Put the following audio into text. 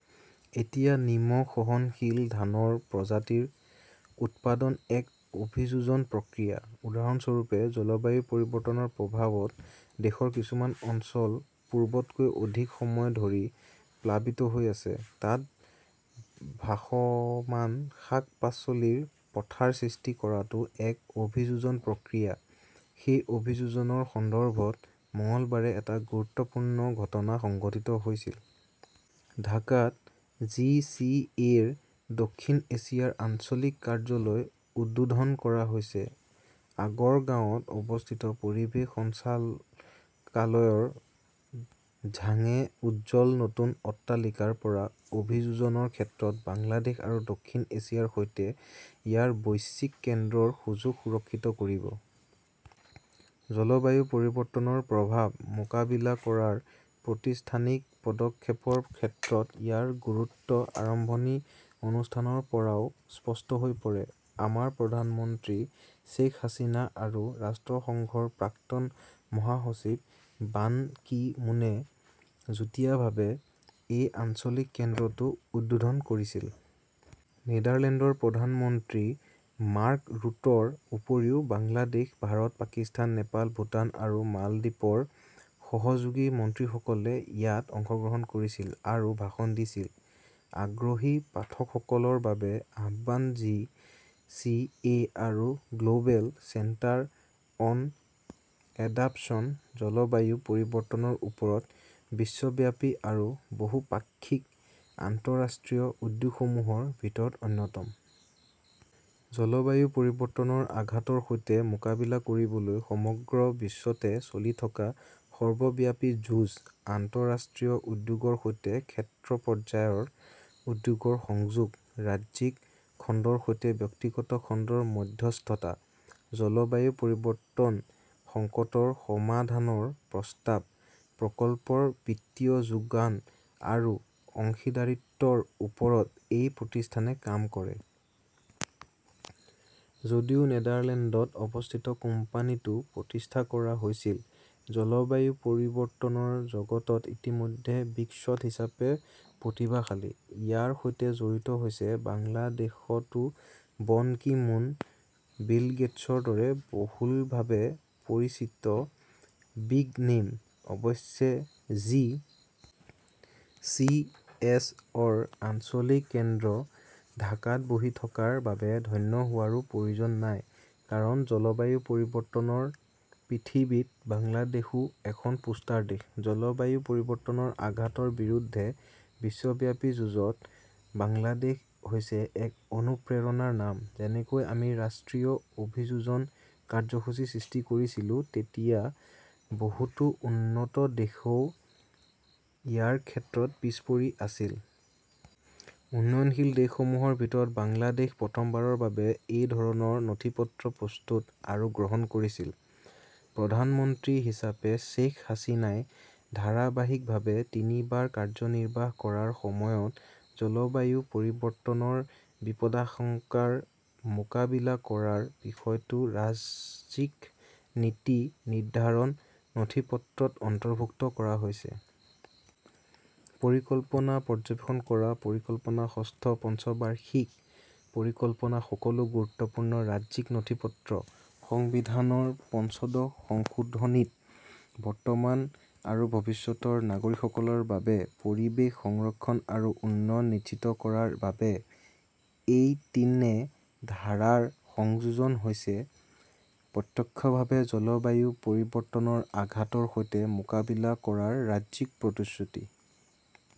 এতিয়া নিমখ-সহনশীল ধানৰ প্ৰজাতিৰ উৎপাদন এক অভিযোজন প্ৰক্ৰিয়া। উদাহৰণস্বৰূপে, জলবায়ু পৰিৱৰ্তনৰ প্ৰভাৱত দেশৰ কিছুমান অঞ্চল পূৰ্বতকৈ অধিক সময় ধৰি প্লাবিত হৈ আছে। তাত ভাসমান শাক-পাচলিৰ পথাৰ সৃষ্টি কৰাটো এক অভিযোজন প্ৰক্ৰিয়া। সেই অভিযোজনৰ সন্দৰ্ভত মঙলবাৰে এটা গুৰুত্বপূৰ্ণ ঘটনা সংঘটিত হৈছিল। ঢাকাত জি. চি. এ. -ৰ দক্ষিণ এছিয়াৰ আঞ্চলিক কাৰ্যালয় উদ্বোধন কৰা হৈছে। আগৰগাঁৱত অৱস্থিত পৰিৱেশ সঞ্চালকালয়ৰ ঝাঙে উজ্জ্বল নতুন অট্টালিকাৰ পৰা অভিযোজনৰ ক্ষেত্ৰত বাংলাদেশ আৰু দক্ষিণ এছিয়াৰ সৈতে ইয়াৰ বৈশ্বিক কেন্দ্ৰৰ সুযোগ সুৰক্ষিত কৰিব। জলবায়ু পৰিৱৰ্তনৰ প্ৰভাৱ মোকাবিলা কৰাৰ প্ৰতিষ্ঠানিক পদক্ষেপৰ ক্ষেত্ৰত ইয়াৰ গুৰুত্ব আৰম্ভণি অনুষ্ঠানৰ পৰাও স্পষ্ট হৈ পৰে। আমাৰ প্ৰধানমন্ত্ৰী শ্বেইখ হাছিনা আৰু ৰাষ্ট্ৰসংঘৰ প্ৰাক্তন মহাসচিব বান কি মুনে যুটীয়াভাৱে এই আঞ্চলিক কেন্দ্ৰটো উদ্বোধন কৰিছিল। নেদাৰলেণ্ডৰ প্ৰধানমন্ত্ৰী মাৰ্ক ৰুটৰ উপৰিও বাংলাদেশ, ভাৰত, পাকিস্তান, নেপাল, ভূটান আৰু মালদ্বীপৰ সহযোগী মন্ত্ৰীসকলে ইয়াত অংশগ্ৰহণ কৰিছিল আৰু ভাষণ দিছিল। আগ্ৰহী পাঠকসকলৰ বাবে আহ্বান-জি. চি. এ. আৰু 'global' centre on adaptation জলবায়ু পৰিৱৰ্তনৰ ওপৰত বিশ্বব্যাপী আৰু বহুপাক্ষিক আন্তঃৰাষ্ট্ৰীয় উদ্যোগসমূহৰ ভিতৰত অন্যতম। জলবায়ু পৰিৱৰ্তনৰ আঘাতৰ সৈতে মোকাবিলা কৰিবলৈ সমগ্ৰ বিশ্বতে চলি থকা সৰ্বব্যাপী 'যুঁজ'-আন্তঃৰাষ্ট্ৰীয় উদ্যোগৰ সৈতে ক্ষেত্ৰ পৰ্যায়ৰ উদ্যোগৰ সংযোগ, ৰাজ্যিক খণ্ডৰ সৈতে ব্যক্তিগত খণ্ডৰ মধ্যস্থতা, জলবায়ু পৰিৱৰ্তন সংকটৰ সমাধানৰ প্ৰস্তাৱ, প্ৰকল্পৰ বিত্তীয় যোগান আৰু অংশীদাৰিত্বৰ ওপৰত এই প্ৰতিষ্ঠানে কাম কৰে। যদিও নেদাৰলেণ্ডত অৱস্থিত কোম্পানীটো প্ৰতিষ্ঠা কৰা হৈছিল। জলবায়ু পৰিৱৰ্তনৰ জগতত ইতিমধ্যে বিগ শ্বট হিচাপে প্ৰতিভাশালী। ইয়াৰ সৈতে জড়িত হৈছে বাংলাদেশতো বন কি মুন, বিল গেটছৰ দৰে বহুলভাৱে পৰিচিত 'বিগ নেম । অৱশ্যে জি. চি. এ. -ৰ আঞ্চলিক কেন্দ্ৰ ঢাকাত বহি থকাৰ বাবে ধন্য হোৱাৰো প্ৰয়োজন নাই। কাৰণ জলবায়ু পৰিৱৰ্তনৰ পৃথিৱীত বাংলাদেশো এখন পোষ্টাৰ দেশ। জলবায়ু পৰিৱৰ্তনৰ আঘাতৰ বিৰুদ্ধে বিশ্বব্যাপী যুঁজত বাংলাদেশ হৈছে এক অনুপ্ৰেৰণাৰ নাম। যেনেকৈ আমি ৰাষ্ট্ৰীয় অভিযোজন কাৰ্যসূচী সৃষ্টি কৰিছিলোঁ তেতিয়া বহুতো উন্নত দেশও ইয়াৰ ক্ষেত্ৰত পিছ পৰি আছিল। উন্নয়নশীল দেশসমূহৰ ভিতৰত বাংলাদেশ প্ৰথমবাৰৰ বাবে এই ধৰণৰ নথিপত্ৰ প্ৰস্তুত আৰু গ্ৰহণ কৰিছিল। প্ৰধানমন্ত্ৰী হিচাপে শ্বেইখ হাছিনাই ধাৰাবাহিকভাৱে তিনিবাৰ কাৰ্যনিৰ্বাহ কৰাৰ সময়ত জলবায়ু পৰিৱৰ্তনৰ বিপদাশংকাৰ মোকাবিলা কৰাৰ বিষয়টো ৰাজ্যিক নীতি নিৰ্ধাৰণ নথিপত্ৰত অন্তৰ্ভুক্ত কৰা হৈছে। পৰিকল্পনা, পৰ্যবেক্ষণ কৰা পৰিকল্পনা, ষষ্ঠ পঞ্চবাৰ্ষিক পৰিকল্পনা-সকলো গুৰুত্বপূৰ্ণ ৰাজ্যিক নথিপত্ৰ। সংবিধানৰ পঞ্চদশ সংশোধনীত 'বৰ্তমান আৰু ভৱিষ্যতৰ নাগৰিকসকলৰ বাবে পৰিৱেশ সংৰক্ষণ আৰু উন্নয়ন নিশ্চিত কৰাৰ বাবে এইটিনএ ধাৰাৰ সংযোজন হৈছে প্ৰত্যক্ষভাৱে জলবায়ু পৰিৱৰ্তনৰ আঘাতৰ সৈতে মোকাবিলা কৰাৰ ৰাজ্যিক প্ৰতিশ্ৰুতি।